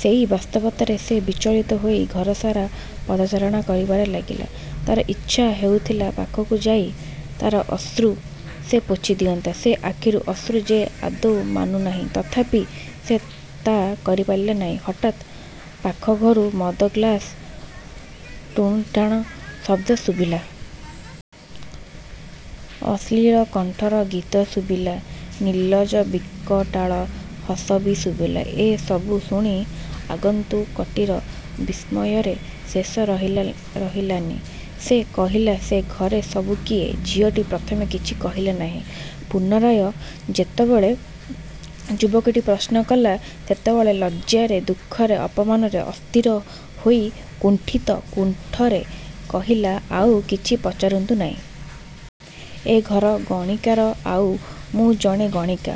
ସେଇ ଵାସ୍ତବତାରେ ସେ ବିଚଳିତ ହୋଇ ଘରସାରା ପଦଚାରଣା କରିବାରେ ଲାଗିଲା। ତାର ଇଚ୍ଛା ହେଉଥିଲା ପାଖକୁ ଯାଇ ତାର ଅଶ୍ରୁ ସେ ପୋଛି ଦିଅନ୍ତା। ସେ ଆଖିକୁ ଅଶ୍ରୁ ଯେ ଆଦୌ ମାନୁ ନାହିଁ ତଥାପି ସେ ତା କରିପାରିଲା ନାହିଁ। ହଠାତ୍ ପାଖ ଘରୁ ମଦ ଗ୍ଲାସର ଟୁଣଟାଣ ଶବ୍ଦ ଶୁଭିଲା। ଅଶ୍ଳୀଳ କଣ୍ଠର ଗୀତ ଶୁଭିଲା, ନିଲଜ୍ଜ ବିକଟାଳ ହସ ବି ଶୁଭିଲା ଏ ସବୁ ଶୁଣି ଆଗନ୍ତୁକଟିର ବିସ୍ମୟରେ ଶେଷ ରହିଲାନି। ସେ କହିଲା, ସେ ଘରେ ସବୁ କିଏ? ଝିଅଟି ପ୍ରଥମେ କିଛି କହିଲା ନାହିଁ, ପୁନରାୟ ଯେତେବେଳେ ଯୁବକଟି ପ୍ରଶ୍ନ କଲା ସେତେବେଳେ ଲଜ୍ଜାରେ, ଦୁଃଖରେ, ଅପମାନରେ ଅସ୍ଥିର ହୋଇ କୁଣ୍ଠିତ କୁଣ୍ଠରେ କହିଲା, ଆଉ କିଛି ପଚାରନ୍ତୁ ନାହିଁ। ଏ ଘର ଗଣିକାର ଆଉ ମୁଁ ଜଣେ ଗଣିକା।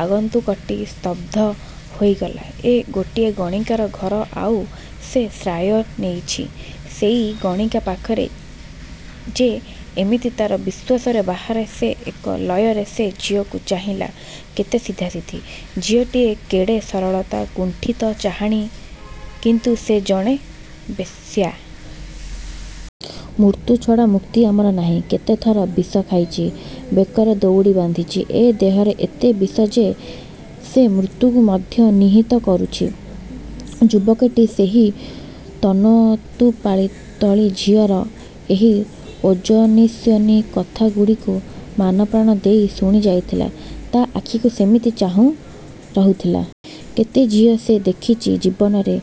ଆଗନ୍ତୁକଟି ସ୍ତବ୍ଧ ହୋଇଗଲା। ଏ ଗୋଟିଏ ଗଣିକାର ଘର ଆଉ ସେ ଶ୍ରାୟ ନେଇଚି ସେଇ ଗଣିକା ପାଖରେ? ଏ ଯେମିତି ତାର ବିଶ୍ୱାସରେ ବାହାରେ। ସେ ଏକ ଲୟରେ ସେ ଝିଅଟିକୁ ଚାହିଁଲା କେତେ ସିଧାସିଧି ଝିଅଟିଏ, କେଡ଼େ ସରଳତାର କୁଣ୍ଠିତ ଚାହାଣି କିନ୍ତୁ ସେ ଜଣେ ବେଶ୍ୟା। ମୃତ୍ୟୁଛଡ଼ା ମୁକ୍ତି ଆମର ନାହିଁ, କେତେ ଥର ବିଷ ଖାଇଚି, ବେକରେ ଦଉଡ଼ି ବାନ୍ଧିଛି। ଏ ଦେହରେ ଏତେ ବିଷ ଯେ ସେ ମୃତ୍ୟୁକୁ ମଧ୍ୟ ନିହତ କରୁଛି। ଯୁବକଟି ସେହି ତନୁତୁ ପାତଳୀ ଝିଅଟିର ଏହି ଓଜନିଶ୍ୟନି କଥାଗୁଡ଼ିକୁ ମାନପ୍ରାଣ ଦେଇ ଶୁଣି ଯାଉଥିଲା। ତା ଆଖିକୁ ସେମିତି ଚାହିଁ ରହୁ ଥିଲା। କେତେ ଝିଅ ସେ ଦେଖିଚି ଜୀବନରେ,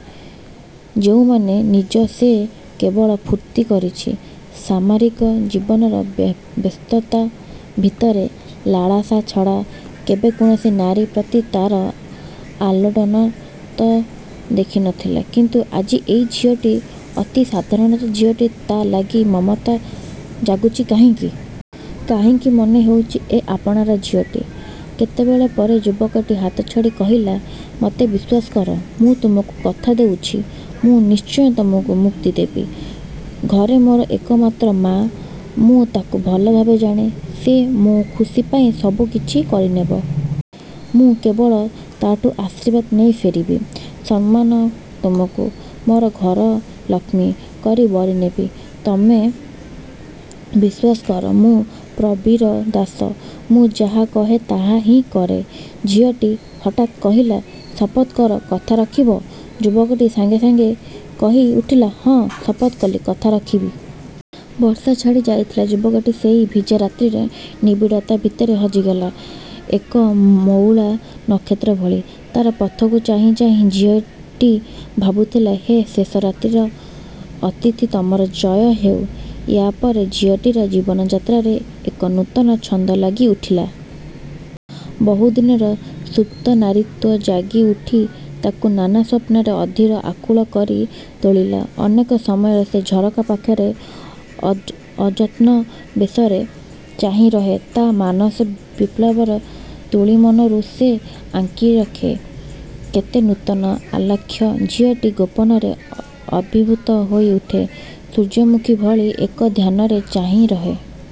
ଯେଉଁମାନ ନିଜ ସେ କେବଳ ଫୁର୍ତ୍ତି କରିଛି। ସାମାରିକ ଜୀବନର ବ୍ୟସ୍ତତା ଭିତରେ, ଲାଳସା ଛଡ଼ା କେବେ କୌଣସି ନାରୀ ପ୍ରତି ତା ର ଆଲୋଡ଼ନ ତ ଦେଖି ନଥିଲା କିନ୍ତୁ ଆଜି ଏଇ ଝିଅଟି, ଅତି ସାଧାରଣ ଝିଅଟି ତା ଲାଗି ମମତା ଜାଗୁଛି କାହିଁକି? କାହିଁକି ମନେ ହେଉଛି ଏ ଆପଣାର ଝିଅଟି। କେତେବେଳ ପରେ ଯୁବକଟି ହାତଛାଡ଼ି କହିଲା, ମତେ ବିଶ୍ୱାସ କର ମୁଁ ତୁମକୁ କଥା ଦଉଚି, ମୁଁ ନିଶ୍ଚୟ ତମକୁ ମୁକ୍ତି ଦେବି। ଘରେ ମୋର ଏକମାତ୍ର ମାଆ। ମୁଁ ତାକୁ ଭଲଭାବେ ଜାଣେ। ସେ ମୋ ଖୁସି ପାଇଁ ସବୁ କିଛି କରିନେବ। ମୁଁ କେବଳ ତାଠୁ ଆଶୀର୍ବାଦ ନେଇ ଫେରିବି। ସମ୍ମାନ ତମକୁ ମୋର ଘରଲକ୍ଷ୍ମୀ କରି ବରି ନେବି। ତମେ ବିଶ୍ୱାସ କର, ମୁଁ ପ୍ରବୀର ଦାସ। ମୁଁ ଯାହା କହେ, ତାହା ହିଁ କରେ। ଝିଅଟି ହଠାତ୍ କହିଲା, ଶପଥ କର କଥା ରଖିବ। ଯୁବକଟି ସାଙ୍ଗେ ସାଙ୍ଗେ କହି ଉଠିଲା ହଁ ଶପଥ କଲି, କଥା ରଖିବି। ବର୍ଷା ଛାଡ଼ି ଯାଇଥିଲା। ଯୁବକଟି ସେଇ ଭିଜା ରାତ୍ରିର ନିବିଡ଼ତା ଭିତରେ ହଜିଗଲା ଏକ ମଉଳା ନକ୍ଷତ୍ର ଭଳି। ତାର ପଥକୁ ଚାହିଁ ଚାହିଁ ଝିଅଟି ଭାବୁଥିଲା, ହେ ଶେଷ ରାତ୍ରିର ଅତିଥି ତମର ଜୟ ହେଉ। ୟାପରେ ଝିଅଟିର ଜୀବନଯାତ୍ରାରେ ଏକ ନୂତନ ଛନ୍ଦ ଲାଗି ଉଠିଲା। ବହୁ ଦିନର ସୁପ୍ତ ନାରୀତ୍ଵ ଜାଗି ଉଠି ତାକୁ ନାନା ସ୍ୱପ୍ନରେ, ଅଧୀର, ଆକୁଳ କରି ତୋଳିଲା। ଅନେକ ସମୟରେ ସେ ଝରକା ପାଖରେ ଅଯତ୍ନ, ଅଯତ୍ନ ବେଶରେ ଚାହିଁ ରହେ ତା ମାନସ ବିପ୍ଳବର ତୂଳିମୁନରୁ, ସେ ଆଙ୍କି ରଖେ କେତେ ନୂତନ ଆଲେଖ୍ୟ। ଝିଅଟି ଗୋପନରେ ଅଭିଭୂତ ହୋଇ ଉଠେ, ସୂର୍ଯ୍ୟମୁଖୀ ଭଳି ଏକ ଧ୍ୟାନରେ ଚାହିଁ ରହେ।